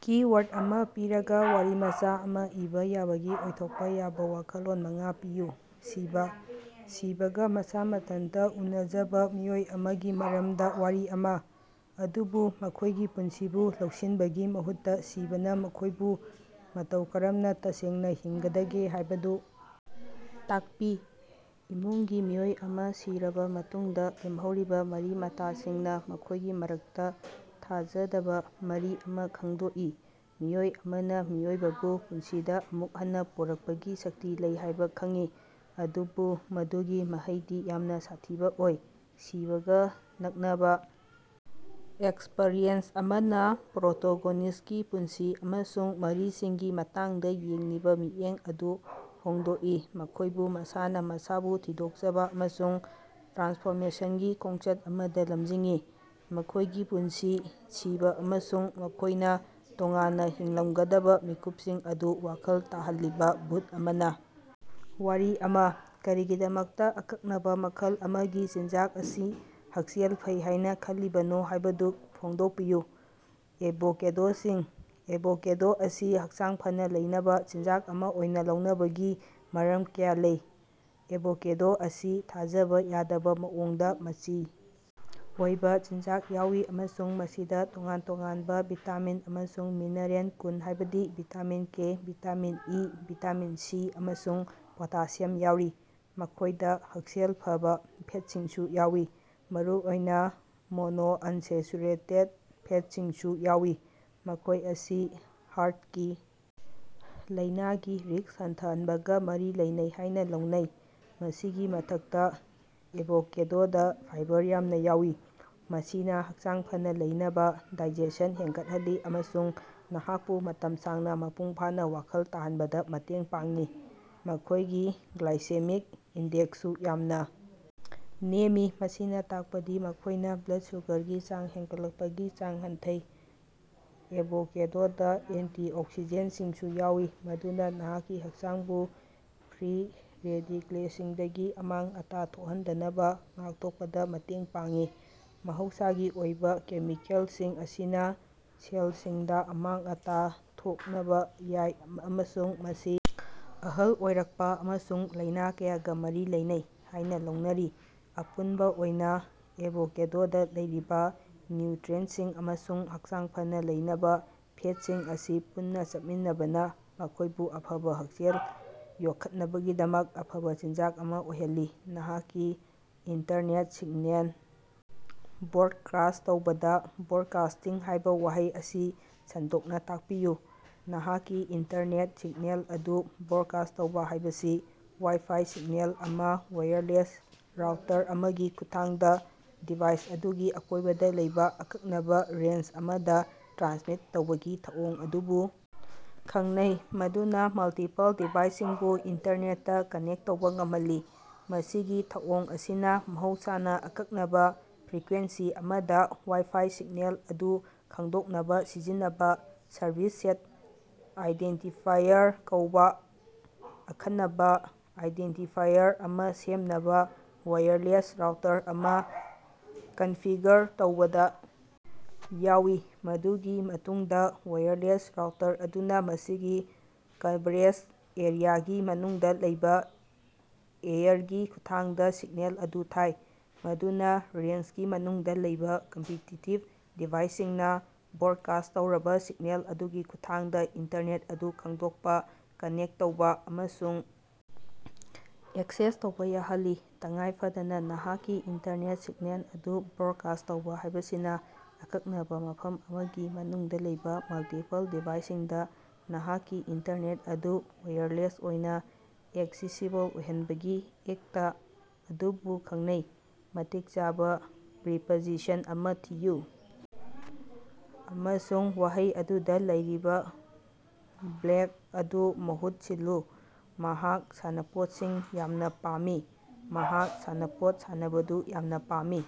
Keyword ꯑꯃ ꯄꯤꯔꯒ, ꯋꯥꯔꯤꯃꯆꯥ ꯑꯃ ꯏꯕ ꯌꯥꯕꯒꯤ ꯑꯣꯏꯊꯣꯛꯄ ꯌꯥꯕ ꯋꯥꯈꯜꯂꯣꯟ ꯃꯉꯥ ꯄꯤꯌꯨ꯫ ꯁꯤꯕ:ꯁꯤꯕꯒ ꯃꯁꯥ ꯃꯊꯟꯇ ꯎꯅꯖꯕ ꯃꯤꯑꯣꯏ ꯑꯃꯒꯤ ꯃꯔꯝꯗ ꯋꯥꯔꯤ ꯑꯃ, ꯑꯗꯨꯕꯨ ꯃꯈꯣꯏꯒꯤ ꯄꯨꯟꯁꯤꯕꯨ ꯂꯧꯁꯤꯟꯕꯒꯤ ꯃꯍꯨꯠꯇ ꯁꯤꯕꯅ ꯃꯈꯣꯏꯕꯨ ꯃꯇꯧ ꯀꯔꯝꯅ ꯇꯁꯦꯡꯅ ꯍꯤꯡꯒꯗꯒꯦ ꯍꯥꯏꯕꯗꯨ ꯇꯥꯛꯄꯤ꯫ ꯏꯃꯨꯡꯒꯤ ꯃꯤꯑꯣꯏ ꯑꯃ ꯁꯤꯔꯕ ꯃꯇꯨꯡꯗ ꯂꯦꯝꯍꯧꯔꯤꯕ ꯃꯔꯤ-ꯃꯇꯥꯁꯤꯡꯅ ꯃꯈꯣꯏꯒꯤ ꯃꯔꯛꯇ ꯊꯥꯖꯗꯕ ꯃꯔꯤ ꯑꯃ ꯈꯪꯗꯣꯛꯏ꯫ ꯃꯤꯑꯣꯏ ꯑꯃꯅ ꯃꯤꯑꯣꯏꯕꯕꯨ ꯄꯨꯟꯁꯤꯗ ꯑꯃꯨꯛ ꯍꯟꯅ ꯄꯨꯔꯛꯄꯒꯤ ꯁꯛꯇꯤ ꯂꯩ ꯍꯥꯏꯕ ꯈꯪꯏ, ꯑꯗꯨꯕꯨ ꯃꯗꯨꯒꯤ ꯃꯍꯩꯗꯤ ꯌꯥꯝꯅ ꯁꯥꯊꯤꯕ ꯑꯣꯏ꯫ ꯁꯤꯕꯒ ꯅꯛꯅꯕ ꯑꯦꯛꯁꯄꯔꯤꯑꯦꯟꯁ ꯑꯃꯅ ꯄ꯭ꯔꯣꯇꯣꯒꯣꯅꯤꯁ꯭ꯇꯀꯤ ꯄꯨꯟꯁꯤ ꯑꯃꯁꯨꯡ ꯃꯔꯤꯁꯤꯡꯒꯤ ꯃꯇꯥꯡꯗ ꯌꯦꯡꯂꯤꯕ ꯃꯤꯠꯌꯦꯡ ꯑꯗꯨ ꯍꯣꯡꯗꯣꯛꯏ, ꯃꯈꯣꯏꯕꯨ ꯃꯁꯥꯅ ꯃꯁꯥꯕꯨ ꯊꯤꯗꯣꯛꯆꯕ ꯑꯃꯁꯨꯡ ꯇ꯭ꯔꯥꯟꯁꯐꯣꯔꯃꯦꯁꯟꯒꯤ ꯈꯣꯡꯆꯠ ꯑꯃꯗ ꯂꯝꯖꯤꯡꯏ꯫ ꯃꯈꯣꯏꯒꯤ ꯄꯨꯟꯁꯤ, ꯁꯤꯕ ꯑꯃꯁꯨꯡ ꯃꯈꯣꯏꯅ ꯇꯣꯉꯥꯟꯅ ꯍꯤꯡꯂꯝꯒꯗꯕ ꯃꯤꯀꯨꯞꯁꯤꯡ ꯑꯗꯨ ꯋꯥꯈꯜ ꯇꯥꯍꯜꯂꯤꯕ ꯚꯨꯠ ꯑꯃꯅ ꯋꯥꯔꯤ ꯑꯃ꯫ ꯀꯔꯤꯒꯤꯗꯃꯛꯇ ꯑꯀꯛꯅꯕ ꯃꯈꯜ ꯑꯃꯒꯤ ꯆꯤꯟꯖꯥꯛ ꯑꯁꯤ ꯍꯛꯁꯦꯜ ꯐꯩ ꯍꯥꯏꯅ ꯈꯜꯂꯤꯕꯅꯣ ꯍꯥꯌꯕꯗꯨ ꯐꯣꯡꯗꯣꯛꯄꯤꯌꯨ꯫ ꯑꯦꯚꯣꯀꯦꯗꯣꯁꯤꯡ: ꯑꯦꯚꯣꯀꯦꯗꯣ ꯑꯁꯤ ꯍꯛꯆꯥꯡ ꯐꯅ ꯂꯩꯅꯕ ꯆꯤꯟꯖꯥꯛ ꯑꯃ ꯑꯣꯏꯅ ꯂꯧꯅꯕꯒꯤ ꯃꯔꯝ ꯀꯌꯥ ꯂꯩ꯫ ꯑꯦꯚꯣꯀꯦꯗꯣ ꯑꯁꯤ ꯊꯥꯖꯕ ꯌꯥꯗꯕ ꯃꯑꯣꯡꯗ ꯃꯆꯤ ꯑꯣꯏꯕ ꯆꯤꯟꯖꯥꯛ ꯌꯥꯎꯏ ꯑꯃꯁꯨꯡ ꯃꯁꯤꯗ ꯇꯣꯉꯥꯟ ꯇꯣꯉꯥꯟꯕ ꯚꯤꯇꯥꯃꯤꯟ ꯑꯃꯁꯨꯡ ꯃꯤꯅꯔꯦꯜ ꯀꯨꯟ ꯍꯥꯏꯕꯗꯤ vitamin K, vitamin E, vitamin C, ꯑꯃꯁꯨꯡ ꯄꯣꯇꯥꯁꯤꯌꯝ ꯌꯥꯎꯔꯤ꯫ ꯃꯈꯣꯏꯗ ꯍꯛꯁꯦꯜ ꯐꯕ ꯐꯦꯇꯁꯤꯡꯁꯨ ꯌꯥꯎꯏ, ꯃꯔꯨꯑꯣꯏꯅ ꯃꯣꯅꯣꯑꯟꯁꯦꯆꯨꯔꯦꯇꯦꯠ ꯐꯦꯠꯁꯤꯡꯁꯨ ꯌꯥꯎꯏ, ꯃꯈꯣꯏ ꯑꯁꯤ ꯍꯥꯔꯠꯀꯤ ꯂꯥꯏꯅꯥꯒꯤ ꯔꯤꯁ꯭ꯛ ꯍꯟꯊꯍꯟꯕꯒ ꯃꯔꯤ ꯂꯩꯅꯩ ꯍꯥꯏꯅ ꯂꯧꯅꯩ꯫ ꯃꯁꯤꯒꯤ ꯃꯊꯛꯇ, ꯑꯦꯚꯣꯀꯦꯗꯣꯗ ꯐꯥꯏꯕꯔ ꯌꯥꯝꯅ ꯌꯥꯎꯏ, ꯃꯁꯤꯅ ꯍꯛꯆꯥꯡ ꯐꯅ ꯂꯩꯅꯕ ꯗꯥꯏꯖꯦꯁꯟ ꯍꯦꯟꯒꯠꯍꯜꯂꯤ ꯑꯃꯁꯨꯡ ꯅꯍꯥꯛꯄꯨ ꯃꯇꯝ ꯁꯥꯡꯅ ꯃꯄꯨꯡ ꯐꯥꯅ ꯋꯥꯈꯜ ꯇꯥꯍꯟꯕꯗ ꯃꯇꯦꯡ ꯄꯥꯡꯏ꯫ ꯃꯈꯣꯏꯒꯤ ꯒ꯭ꯂꯥꯏꯁꯦꯃꯤꯛ ꯏꯟꯗꯦꯛꯁꯁꯨ ꯌꯥꯝꯅ ꯅꯦꯝꯃꯤ, ꯃꯁꯤꯅ ꯇꯥꯛꯄꯗꯤ ꯃꯈꯣꯏꯅ ꯕ꯭ꯂꯗ ꯁꯨꯒ꯭ꯔꯒꯤ ꯆꯥꯡ ꯍꯦꯟꯒꯠꯂꯛꯄꯒꯤ ꯆꯥꯡ ꯍꯟꯊꯩ꯫ ꯑꯦꯚꯣꯀꯦꯗꯣꯗ ꯑꯦꯟꯇꯤꯑꯣꯛꯁꯤꯗꯦꯟꯠꯁꯤꯡꯁꯨ ꯌꯥꯎꯏ, ꯃꯗꯨꯅ ꯅꯍꯥꯛꯀꯤ ꯍꯛꯆꯥꯡꯕꯨ ꯐ꯭ꯔꯤ ꯔꯦꯗꯤꯀꯦꯂꯁꯤꯡꯗꯒꯤ ꯑꯃꯥꯡ-ꯑꯇꯥ ꯊꯣꯛꯍꯟꯗꯅꯕ ꯉꯥꯛꯊꯣꯛꯄꯗ ꯃꯇꯦꯡ ꯄꯥꯡꯏ꯫ ꯃꯍꯧꯁꯥꯒꯤ ꯑꯣꯏꯕ ꯀꯦꯃꯤꯀꯦꯂꯁꯤꯡ ꯑꯁꯤꯅ ꯁꯦꯂꯁꯤꯡꯗ ꯑꯃꯥꯡ-ꯑꯇꯥ ꯊꯣꯛꯅꯕ ꯌꯥꯏ ꯑꯃꯁꯨꯡ ꯃꯁꯤ ꯑꯍꯜ ꯑꯣꯏꯔꯛꯄ ꯑꯃꯁꯨꯡ ꯂꯥꯏꯅꯥ ꯀꯌꯥꯒꯥ ꯃꯔꯤ ꯂꯩꯅꯩ ꯍꯥꯏꯅ ꯂꯧꯅꯔꯤ꯫ ꯑꯄꯨꯟꯕ ꯑꯣꯏꯅ, ꯑꯦꯚꯣꯀꯦꯗꯣꯗ ꯂꯩꯔꯤꯕ ꯅ꯭ꯌꯨꯇꯔꯤꯑꯦꯟꯠꯁꯤꯡ ꯑꯃꯁꯨꯡ ꯍꯛꯆꯥꯡ ꯐꯅ ꯂꯩꯅꯕ ꯐꯦꯠꯁꯤꯡ ꯑꯁꯤ ꯄꯨꯟꯅ ꯆꯠꯃꯤꯟꯅꯕꯅ ꯃꯈꯣꯏꯕꯨ ꯑꯐꯕ ꯍꯛꯁꯦꯜ ꯌꯣꯛꯈꯠꯅꯕꯒꯤꯗꯃꯛ ꯑꯐꯕ ꯆꯤꯟꯖꯥꯛ ꯑꯃꯥ ꯑꯣꯏꯍꯜꯂꯤ꯫ ꯅꯍꯥꯛꯀꯤ ꯏꯟꯇꯔꯅꯦꯠ ꯁꯤꯒꯅꯦꯜ ꯕ꯭ꯔꯣꯗꯀꯥꯁ꯭ꯠ ꯇꯧꯕꯗ 'ꯕ꯭ꯔꯣꯗꯀꯥꯁ꯭ꯇꯤꯡ' ꯍꯥꯏꯕ ꯋꯥꯍꯩ ꯑꯁꯤ ꯁꯟꯗꯣꯛꯅ ꯇꯥꯀꯄꯤꯌꯨ꯫ ꯅꯍꯥꯛꯀꯤ ꯏꯟꯇꯔꯅꯦꯠ ꯁꯤꯒꯅꯦꯜ ꯑꯗꯨ ꯕ꯭ꯔꯣꯗꯀꯥꯁ꯭ꯠ ꯇꯧꯕ ꯍꯥꯏꯕꯁꯤ ꯋꯥꯏ-ꯐꯥꯏ ꯁꯤꯒꯅꯦꯜ ꯑꯃ ꯋꯥꯏ꯭ꯔꯂꯦꯁ ꯔꯥꯎꯇꯔ ꯑꯃꯒꯤ ꯈꯨꯠꯊꯥꯡꯗ ꯗꯤꯚꯥꯏꯁ ꯑꯗꯨꯒꯤ ꯑꯀꯣꯏꯕꯗ ꯂꯩꯕ ꯑꯀꯛꯅꯕ ꯔꯦꯟꯖ ꯑꯃꯗ ꯇ꯭ꯔꯥꯟꯁꯃꯤꯠ ꯇꯧꯕꯒꯤ ꯊꯧꯑꯣꯡ ꯑꯗꯨꯕꯨ ꯈꯪꯅꯩ, ꯃꯗꯨꯅ ꯃꯜꯇꯤꯄꯜ ꯗꯤꯚꯥꯏꯁꯁꯤꯡꯕꯨ ꯏꯟꯇꯔꯅꯦꯠꯇ ꯀꯅꯦꯛ ꯇꯧꯕꯥ ꯉꯝꯍꯜꯂꯤ꯫ ꯃꯁꯤꯒꯤ ꯊꯧꯑꯣꯡ ꯑꯁꯤꯅ ꯃꯍꯧꯁꯥꯅ ꯑꯀꯛꯅꯕ ꯐ꯭ꯔꯤꯀ꯭ꯋꯦꯟꯁꯤ ꯑꯃꯗ ꯋꯥꯏ-ꯐꯥꯏ ꯁꯤꯒꯅꯦꯜ ꯑꯗꯨ ꯈꯪꯗꯣꯛꯅꯕ ꯁꯤꯖꯤꯟꯅꯕ ꯁꯔꯚꯤꯁ ꯁꯦꯠ ꯑꯥꯏꯗꯦꯟꯇꯤꯐꯥꯌꯔ ꯀꯧꯕ ꯑꯈꯟꯅꯕ ꯑꯥꯏꯗꯦꯟꯇꯤꯐꯥꯌꯔ ꯑꯃ ꯁꯦꯝꯅꯕ ꯋꯥꯏꯔꯂꯦꯁ ꯔꯥꯎꯇꯔ ꯑꯃ ꯀꯟꯐꯤꯒꯔ ꯇꯧꯕꯗ ꯌꯥꯎꯏ꯫ ꯃꯗꯨꯒꯤ ꯃꯇꯨꯡꯗꯥ ꯋꯥꯏꯔꯂꯦꯁ ꯔꯥꯎꯇꯔ ꯑꯗꯨꯅꯥ ꯃꯁꯤꯒꯤ ꯀꯚꯔꯦꯖ ꯑꯦꯔꯤꯌꯥꯒꯤ ꯃꯅꯨꯡꯗ ꯂꯩꯕ ꯑꯦꯌꯔꯒꯤ ꯈꯨꯠꯊꯥꯡꯗ ꯁꯤꯒꯅꯦꯜ ꯑꯗꯨ ꯊꯥꯏ, ꯃꯗꯨꯅ ꯔꯦꯟꯖꯀꯤ ꯃꯅꯨꯡꯗ ꯂꯩꯕꯥ ꯀꯝꯄꯦꯇꯤꯇꯤꯕ ꯗꯤꯚꯥꯏꯁꯁꯤꯡꯅ ꯕ꯭ꯔꯣꯗꯀꯥꯁ꯭ꯠ ꯇꯧꯔꯕ ꯁꯤꯒꯅꯦꯜ ꯑꯗꯨꯒꯤ ꯈꯨꯠꯊꯥꯡꯗ ꯏꯟꯇꯔꯅꯦꯠ ꯑꯗꯨ ꯈꯪꯗꯣꯛꯄ, ꯀꯅꯦꯛ ꯇꯧꯕ ꯑꯃꯁꯨꯡ ꯑꯦꯛꯁꯦꯁ ꯇꯧꯕ ꯌꯥꯍꯜꯂꯤ꯫ ꯇꯉꯥꯏꯐꯗꯅ, ꯅꯍꯥꯛꯀꯤ ꯏꯟꯇꯔꯅꯦꯠ ꯁꯤꯒꯅꯦꯜ ꯑꯗꯨ ꯕ꯭ꯔꯣꯗꯀꯥꯁ꯭ꯠ ꯇꯧꯕ ꯍꯥꯏꯕꯁꯤꯅ, ꯑꯀꯛꯅꯕ ꯃꯐꯝ ꯑꯃꯒꯤ ꯃꯅꯨꯡꯗ ꯂꯩꯕ ꯃꯜꯇꯤꯄꯜ ꯗꯤꯚꯥꯏꯁꯁꯤꯡꯗ ꯅꯍꯥꯛꯀꯤ ꯏꯟꯇꯔꯅꯦꯠ ꯑꯗꯨ ꯋꯥꯏꯔꯂꯦꯁ ꯑꯣꯏꯅ ꯑꯦꯛꯁꯦꯁꯤꯕꯜ ꯑꯣꯏꯍꯟꯕꯒꯤ ꯑꯦꯛꯇ ꯑꯗꯨꯕꯨ ꯈꯪꯅꯩ꯫ ꯃꯇꯤꯛ ꯆꯥꯕꯥ ꯄ꯭ꯔꯤꯄꯖꯤꯁꯟ ꯑꯃꯥ ꯊꯤꯌꯨ ꯑꯃꯁꯨꯡ ꯋꯥꯍꯩ ꯑꯗꯨꯗꯥ ꯂꯩꯔꯤꯕꯥ ꯕ꯭ꯂꯦꯉ꯭ꯛ ꯑꯗꯨ ꯃꯍꯨꯠ ꯁꯤꯜꯂꯨ꯫ ꯃꯍꯥꯛ ꯁꯥꯟꯅꯄꯣꯠꯁꯤꯡ ꯌꯥꯝꯅꯥ ꯄꯥꯝꯃꯤ꯫ ꯃꯍꯥꯛ ꯁꯥꯟꯅꯄꯣꯠ ꯁꯥꯟꯅꯕꯗꯨ ꯌꯥꯝꯅ ꯄꯥꯝꯃꯤ꯫